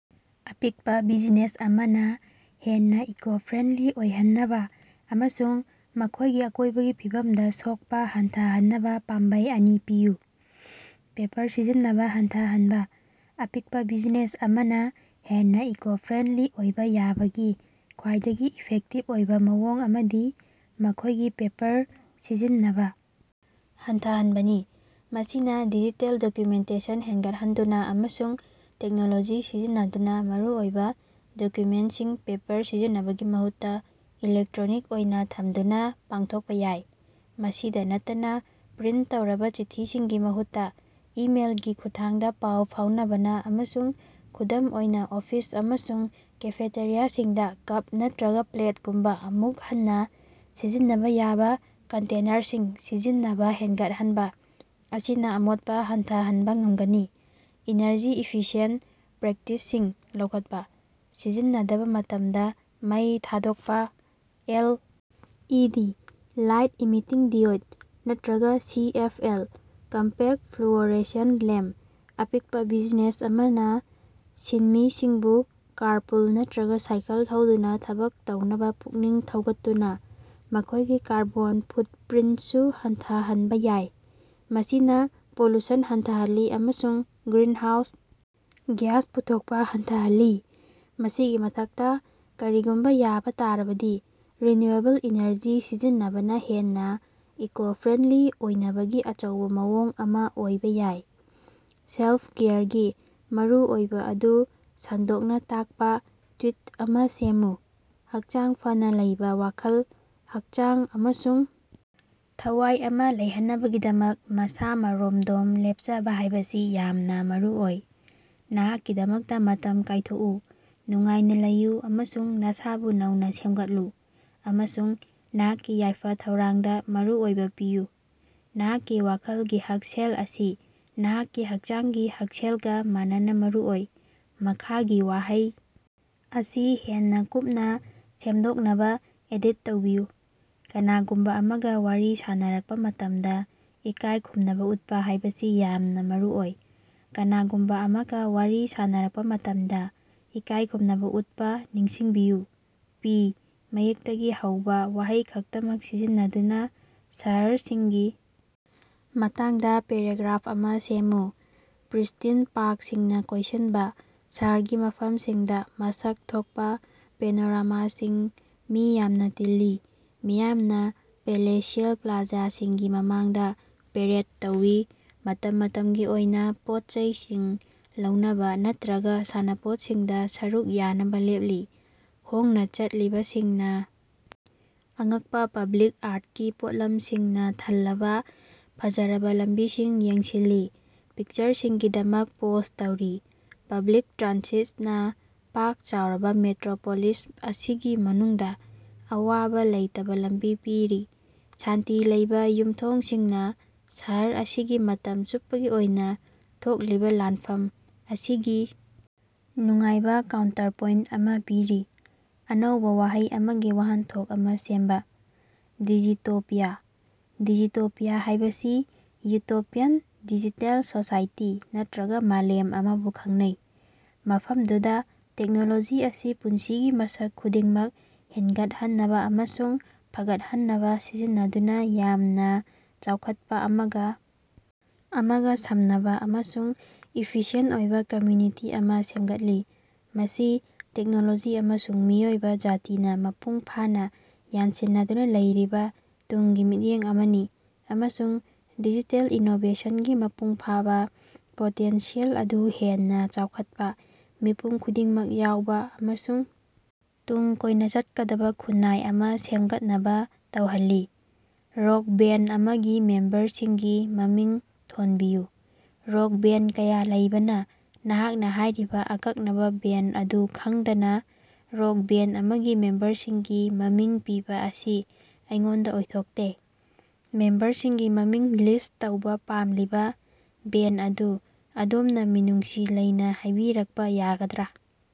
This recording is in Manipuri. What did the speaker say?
ꯑꯄꯤꯛꯄ ꯕꯤꯖꯤꯅꯦꯁ ꯑꯃꯅ ꯍꯦꯟꯅ ꯏꯀꯣ-ꯐ꯭ꯔꯦꯟꯗꯂꯤ ꯑꯣꯏꯍꯟꯅꯕ ꯑꯃꯁꯨꯡ ꯃꯈꯣꯏꯒꯤ ꯑꯀꯣꯏꯕꯒꯤ ꯐꯤꯕꯝꯗ ꯁꯣꯛꯄ ꯍꯟꯊꯍꯟꯅꯕ ꯄꯥꯝꯕꯩ ꯑꯅꯤ ꯄꯤꯌꯨ꯫ ꯄꯦꯄꯔ ꯁꯤꯖꯤꯟꯅꯕ ꯍꯟꯊꯍꯅꯕ: ꯑꯄꯤꯛꯄ ꯕꯤꯖꯤꯅꯦꯁ ꯑꯃꯅ ꯍꯦꯟꯅ ꯏꯀꯣ-ꯐ꯭ꯔꯦꯟꯗꯂꯤ ꯑꯣꯏꯕ ꯌꯥꯕꯒꯤ ꯈ꯭ꯋꯥꯏꯗꯒꯤ ꯏꯐꯦꯛꯇꯤꯕ ꯑꯣꯏꯕ ꯃꯑꯣꯡ ꯑꯃꯗꯤ ꯃꯈꯣꯏꯒꯤ ꯄꯦꯄꯔ ꯁꯤꯖꯤꯟꯅꯕ ꯍꯟꯊꯍꯟꯕꯅꯤ꯫ ꯃꯁꯤ ꯅ ꯗꯤꯖꯤꯇꯦꯜ ꯗꯣꯀꯨꯃꯦꯟꯇꯦꯁꯟ ꯍꯦꯡꯒꯠꯍꯟꯗꯨꯅ ꯑꯃꯁꯨꯡ ꯇꯦꯛꯅꯣꯂꯣꯖꯤ ꯁꯤꯖꯤꯟꯅꯗꯨꯅ ꯃꯔꯨꯑꯣꯏꯕ ꯗꯣꯀꯨꯃꯦꯟꯠꯁꯤꯡ ꯄꯦꯄꯔ ꯁꯤꯖꯤꯟꯅꯕꯒꯤ ꯃꯍꯨꯠꯇ ꯏꯂꯦꯛꯇ꯭ꯔꯣꯅꯤꯛ ꯑꯣꯏꯅ ꯊꯝꯗꯨꯅ ꯄꯥꯡꯊꯣꯛꯄ ꯌꯥꯏ꯫ ꯃꯁꯤꯗ ꯅꯠꯇꯅ, ꯄ꯭ꯔꯤꯟꯠ ꯇꯧꯔꯕ ꯆꯤꯊꯤꯁꯤꯡꯒꯤ ꯃꯍꯨꯠꯇ ꯏꯃꯦꯏꯜꯒꯤ ꯈꯨꯠꯊꯥꯡꯗ ꯄꯥꯎ ꯐꯥꯎꯅꯕꯅ ꯑꯃꯁꯨꯡ ꯈꯨꯗꯝ ꯑꯣꯏꯅ ꯑꯣꯐꯤꯁ ꯑꯃꯁꯨꯡ ꯀꯦꯐꯦꯇꯦꯔꯤꯌꯥꯁꯤꯡꯗ ꯀꯞ ꯅꯠꯇꯔꯒ ꯄ꯭ꯂꯦꯠꯒꯨꯝꯕ ꯑꯃꯨꯛ ꯍꯟꯅ ꯁꯤꯖꯤꯟꯅꯕ ꯌꯥꯕꯥ ꯀꯟꯇꯦꯅꯔꯁꯤꯡ ꯁꯤꯖꯤꯟꯅꯕ ꯍꯦꯡꯒꯠꯍꯟꯕ ꯑꯁꯤꯅ ꯑꯃꯣꯠꯄ ꯍꯟꯊꯍꯟꯕ ꯉꯝꯒꯅꯤ꯫ ꯏꯅ꯭ꯔꯖꯤ ꯏꯐꯤꯁꯤꯌꯦꯟꯠ ꯄ꯭ꯔꯦꯛꯇꯤꯁꯁꯤꯡ ꯂꯧꯈꯠꯄ: ꯁꯤꯖꯤꯟꯅꯗꯕ ꯃꯇꯝꯗ ꯃꯩ ꯊꯥꯗꯣꯛꯄꯥ, L. E. D. (Light emitting ꯗꯤꯑꯣꯏꯗ) ꯅꯠꯇꯔꯒ ꯁꯤ. ꯑꯦꯐ. ꯑꯦꯜ.(ꯀꯝꯄꯦꯛ ꯐ꯭ꯂꯨꯑꯣꯔꯦꯁꯦꯟꯠ ꯂꯦꯝꯕ), ꯑꯄꯤꯛꯄ ꯕꯤꯖꯤꯅꯦꯁ ꯑꯃꯅ ꯁꯤꯟꯃꯤꯁꯤꯡꯕꯨ ꯀꯥꯔꯄꯨꯜ ꯅꯠꯇꯔꯒ ꯁꯥꯏꯀꯜ ꯊꯧꯗꯨꯅ ꯊꯕꯛ ꯇꯧꯅꯕ ꯄꯨꯛꯅꯤꯡ ꯊꯧꯒꯠꯇꯨꯅ ꯃꯈꯣꯏꯒꯤ ꯀꯥꯔꯕꯣꯟ ꯐꯨꯠꯄ꯭ꯔꯤꯟꯠꯁꯨ ꯍꯟꯊꯍꯟꯕ ꯌꯥꯏ, ꯃꯁꯤꯅ ꯄꯣꯂꯨꯁꯟ ꯍꯟꯊꯍꯜꯂꯤ ꯑꯃꯁꯨꯡ ꯒ꯭ꯔꯤꯟꯍꯥꯎꯁ ꯒ꯭ꯌꯥꯁ ꯄꯨꯊꯣꯛꯄꯥ ꯍꯟꯊꯍꯜꯂꯤ꯫ ꯃꯁꯤꯒꯤ ꯃꯊꯛꯇ, ꯀꯔꯤꯒꯨꯝꯕ ꯌꯥꯕ ꯇꯥꯔꯕꯗꯤ ꯔꯤꯅ꯭ꯌꯨꯑꯦꯕꯜ ꯏꯅ꯭ꯔꯖꯤ ꯁꯤꯖꯤꯟꯅꯕꯅ ꯍꯦꯟꯅꯥ ꯏꯀꯣ-ꯐ꯭ꯔꯦꯟꯗꯂꯤ ꯑꯣꯏꯅꯕꯒꯤ ꯑꯆꯧꯕ ꯃꯑꯣꯡ ꯑꯃ ꯑꯣꯏꯕ ꯌꯥꯏ꯫ ꯁꯦꯜꯐ-ꯀꯦꯌꯔꯒꯤ ꯃꯔꯨꯑꯣꯏꯕ ꯑꯗꯨ ꯁꯟꯗꯣꯛꯅ ꯇꯥꯛꯄ ꯇ꯭ꯋꯤꯠ ꯑꯃ ꯁꯦꯝꯃꯨ꯫ ꯍꯛꯆꯥꯡ ꯐꯅ ꯂꯩꯕ ꯋꯥꯈꯜ, ꯍꯛꯆꯥꯡ ꯑꯃꯁꯨꯡ ꯊꯋꯥꯏ ꯑꯃ ꯂꯩꯍꯟꯅꯕꯒꯤꯗꯃꯛ ꯃꯁꯥ-ꯃꯔꯣꯝꯗꯣꯝ ꯂꯦꯞꯆꯕ ꯍꯥꯏꯕꯁꯤ ꯌꯥꯝꯅ ꯃꯔꯨꯑꯣꯏ꯫ ꯅꯍꯥꯛꯀꯤꯗꯃꯛꯇ ꯃꯇꯝ ꯀꯥꯏꯊꯣꯛꯎ, ꯅꯨꯡꯉꯥꯏꯅ ꯂꯩꯌꯨ ꯑꯃꯁꯨꯡ ꯅꯁꯥꯕꯨ ꯅꯧꯅ ꯁꯦꯝꯒꯠꯂꯨ ꯑꯃꯁꯨꯡ ꯅꯍꯥꯛꯀꯤ ꯌꯥꯏꯐ-ꯊꯧꯔꯥꯡꯗ ꯃꯔꯨꯑꯣꯏꯕ ꯄꯤꯌꯨ꯫ ꯅꯍꯥꯛꯀꯤ ꯋꯥꯈꯜꯒꯤ ꯍꯛꯁꯦꯜ ꯑꯁꯤ ꯅꯍꯥꯛꯀꯤ ꯍꯛꯆꯥꯡꯒꯤ ꯍꯛꯁꯦꯜꯒ ꯃꯥꯟꯅꯅ ꯃꯔꯨꯑꯣꯏ꯫ ꯃꯈꯥꯒꯤ ꯋꯥꯍꯩ ꯑꯁꯤ ꯍꯦꯟꯅ ꯀꯨꯞꯅ ꯁꯦꯝꯗꯣꯛꯅꯕ ꯑꯦꯗꯤꯠ ꯇꯧꯕꯤꯌꯨ: "ꯀꯅꯥꯒꯨꯝꯕ ꯑꯃꯒ ꯋꯥꯔꯤ ꯁꯥꯅꯔꯛꯄ ꯃꯇꯝꯗ ꯏꯀꯥꯏ ꯈꯨꯝꯅꯕ ꯎꯠꯄ ꯍꯥꯏꯕꯁꯤ ꯌꯥꯝꯅ ꯃꯔꯨꯑꯣꯏ꯫ "ꯀꯅꯥꯒꯨꯝꯕ ꯑꯃꯒ ꯋꯥꯔꯤ ꯁꯥꯅꯔꯛꯄ ꯃꯇꯝꯗ ꯏꯀꯥꯏ ꯈꯨꯝꯅꯕ ꯎꯠꯄ ꯅꯤꯡꯁꯤꯡꯕꯤꯌꯨ꯫ "ꯄꯤ" ꯃꯌꯦꯛꯇꯒꯤ ꯍꯧꯕ ꯋꯥꯍꯩ ꯈꯛꯇꯃꯛ ꯁꯤꯖꯤꯟꯅꯗꯨꯅ ꯁꯍ꯭ꯔꯁꯤꯡꯒꯤ ꯃꯇꯥꯡꯗ ꯄꯦꯔꯥꯒ꯭ꯔꯥꯐ ꯑꯃꯥ ꯁꯦꯝꯃꯨ꯫ ꯄ꯭ꯔꯤꯁ꯭ꯇꯤꯟ ꯄꯥ꯭ꯔꯛꯁꯤꯡꯅ ꯀꯣꯏꯁꯤꯟꯕ ꯁꯍꯔꯒꯤ ꯃꯐꯝꯁꯤꯡꯗ ꯃꯁꯛ ꯊꯣꯛꯄ ꯄꯦꯅꯣꯔꯥꯃꯥꯁꯤꯡ ꯃꯤ ꯌꯥꯝꯅ ꯇꯤꯜꯂꯤ꯫ ꯃꯤꯌꯥꯝꯅ ꯄꯦꯂꯦꯁꯤꯑꯦꯜ ꯄ꯭ꯂꯥꯖꯥꯁꯤꯡꯒꯤ ꯃꯃꯥꯡꯗꯥ ꯄꯦꯔꯦꯗ ꯇꯧꯏ, ꯃꯇꯝ ꯃꯇꯝꯒꯤ ꯑꯣꯏꯅ ꯄꯣꯠꯆꯩꯁꯤꯡ ꯂꯧꯅꯕ ꯅꯠꯇꯔꯒ ꯁꯥꯟꯅꯄꯣꯠꯁꯤꯡꯗ ꯁꯔꯨꯛ ꯌꯥꯅꯕ ꯂꯦꯞꯂꯤ꯫ ꯈꯣꯡꯅ ꯆꯠꯂꯤꯕꯁꯤꯡꯅꯥ ꯑꯉꯛꯄ ꯄꯕ꯭ꯂꯤꯛ ꯑꯥ꯭ꯔꯠꯀꯤ ꯄꯣꯠꯂꯝꯁꯤꯡꯅ ꯊꯜꯂꯕ ꯐꯖꯔꯕ ꯂꯝꯕꯤꯁꯤꯡ ꯌꯦꯡꯁꯤꯜꯂꯤ, ꯄꯤꯛꯆꯔꯁꯤꯡꯒꯤꯗꯃꯛ ꯄꯣꯖ ꯇꯧꯔꯤ꯫ ꯄꯕ꯭ꯂꯤꯛ ꯇ꯭ꯔꯥꯟꯁꯤꯠꯅ ꯄꯥꯛ ꯆꯥꯎꯔꯕ ꯃꯦꯇ꯭ꯔꯣꯄꯣꯂꯤꯁ ꯑꯁꯤꯒꯤ ꯃꯅꯨꯡꯗ ꯑꯋꯥꯕ ꯂꯩꯇꯕ ꯂꯝꯕꯤ ꯄꯤꯔꯤ꯫ ꯁꯥꯟꯇꯤ ꯂꯩꯕ ꯌꯨꯃꯊꯣꯡꯁꯤꯡꯅ ꯁꯍꯔ ꯑꯁꯤꯒꯤ ꯃꯇꯝ ꯆꯨꯞꯄꯒꯤ ꯑꯣꯏꯅ ꯊꯣꯛꯂꯤꯕ ꯂꯥꯟꯐꯝ ꯑꯁꯤꯒꯤ ꯅꯨꯡꯉꯥꯏꯕ ꯀꯥꯎꯟꯇ꯭ꯔꯄꯣꯏꯟꯠ ꯑꯃ ꯄꯤꯔꯤ꯫ ꯑꯅꯧꯕꯥ ꯋꯥꯍꯩ ꯑꯃꯒꯤ ꯋꯥꯍꯟꯊꯣꯛ ꯑꯃꯥ ꯁꯦꯝꯕꯥ: "ꯗꯤꯖꯤꯇꯣꯄꯤꯌꯥ"꯫ ꯗꯤꯖꯤꯇꯣꯄꯤꯌꯥ ꯍꯥꯏꯕꯁꯤ ꯌꯨꯇꯣꯄꯤꯌꯥꯟ ꯗꯤꯖꯤꯇꯦꯜ ꯁꯣꯁꯥꯏꯇꯤ ꯅꯠꯇꯔꯒ ꯃꯥꯂꯦꯝ ꯑꯃꯕꯨ ꯈꯪꯅꯩ, ꯃꯐꯝꯗꯨꯗ ꯇꯦꯛꯅꯣꯂꯣꯖꯤ ꯑꯁꯤ ꯄꯨꯟꯁꯤꯒꯤ ꯃꯁꯛ ꯈꯨꯗꯤꯡꯃꯛ ꯍꯦꯡꯒꯠꯍꯟꯅꯕ ꯑꯃꯁꯨꯡ ꯐꯒꯠꯍꯟꯅꯕ ꯁꯤꯖꯤꯟꯅꯗꯨꯅ ꯌꯥꯝꯅ ꯆꯥꯎꯈꯠꯄ, ꯑꯃꯒ ꯑꯃꯒ ꯁꯝꯅꯕ ꯑꯃꯁꯨꯡ ꯏꯐꯤꯁꯤꯑꯦꯟꯠ ꯑꯣꯏꯕ ꯀꯝꯃ꯭ꯌꯨꯅꯤꯇꯤ ꯑꯃ ꯁꯦꯃꯒꯠꯂꯤ꯫ ꯃꯁꯤ ꯇꯦꯛꯅꯣꯂꯣꯖꯤ ꯑꯃꯁꯨꯡ ꯃꯤꯑꯣꯏꯕ ꯖꯥꯇꯤꯅ ꯃꯄꯨꯡ ꯐꯥꯅ ꯌꯥꯟꯁꯤꯟꯅꯗꯨꯅ ꯂꯩꯔꯤꯕ ꯇꯨꯡꯒꯤ ꯃꯤꯠꯌꯦꯡ ꯑꯃꯅꯤ, ꯑꯃꯁꯨꯡ ꯗꯤꯖꯤꯇꯦꯜ ꯏꯅꯣꯕꯦꯁꯟꯒꯤ ꯃꯄꯨꯡ ꯐꯥꯕ ꯄꯣꯇꯦꯟꯁꯤꯌꯦꯜ ꯑꯗꯨ ꯍꯦꯟꯅ ꯆꯥꯎꯈꯠꯄ, ꯃꯤꯄꯨꯝ ꯈꯨꯗꯤꯡꯃꯛ ꯌꯥꯎꯕ ꯑꯃꯁꯨꯡ ꯇꯨꯡ ꯀꯣꯏꯅ ꯆꯠꯀꯗꯕ ꯈꯨꯟꯅꯥꯏ ꯑꯃꯥ ꯁꯦꯃꯒꯠꯅꯕ ꯇꯧꯍꯜꯂꯤ꯫ ꯔꯣꯛ ꯕꯦꯟꯗ ꯑꯃꯒꯤ ꯃꯦꯝꯕꯔꯁꯤꯡꯒꯤ ꯃꯃꯤꯡ ꯊꯣꯟꯕꯤꯌꯨ꯫ ꯔꯣꯛ ꯕꯦꯟꯗ ꯀꯌꯥ ꯂꯩꯕꯅ ꯅꯍꯥꯛꯅ ꯍꯥꯏꯔꯤꯕ ꯑꯀꯛꯅꯕ ꯕꯦꯟꯗ ꯑꯗꯨ ꯈꯪꯗꯅ ꯔꯣꯛ ꯕꯦꯟꯗ ꯑꯃꯒꯤ ꯃꯦꯝꯕꯔꯁꯤꯡꯒꯤ ꯃꯃꯤꯡ ꯄꯤꯕ ꯑꯁꯤ ꯑꯩꯉꯣꯟꯗꯥ ꯑꯣꯏꯊꯣꯛꯇꯦ꯫ ꯃꯦꯝꯕꯔꯁꯤꯡꯒꯤ ꯃꯃꯤꯡ ꯂꯤꯁ꯭ꯠ ꯇꯧꯕ ꯄꯥꯝꯂꯤꯕ ꯕꯦꯟꯗ ꯑꯗꯨ ꯑꯗꯣꯝꯅ ꯃꯤꯅꯨꯡꯁꯤ ꯂꯩꯅꯥ ꯍꯥꯏꯕꯤꯔꯛꯄꯥ ꯌꯥꯒꯗ꯭ꯔꯥ?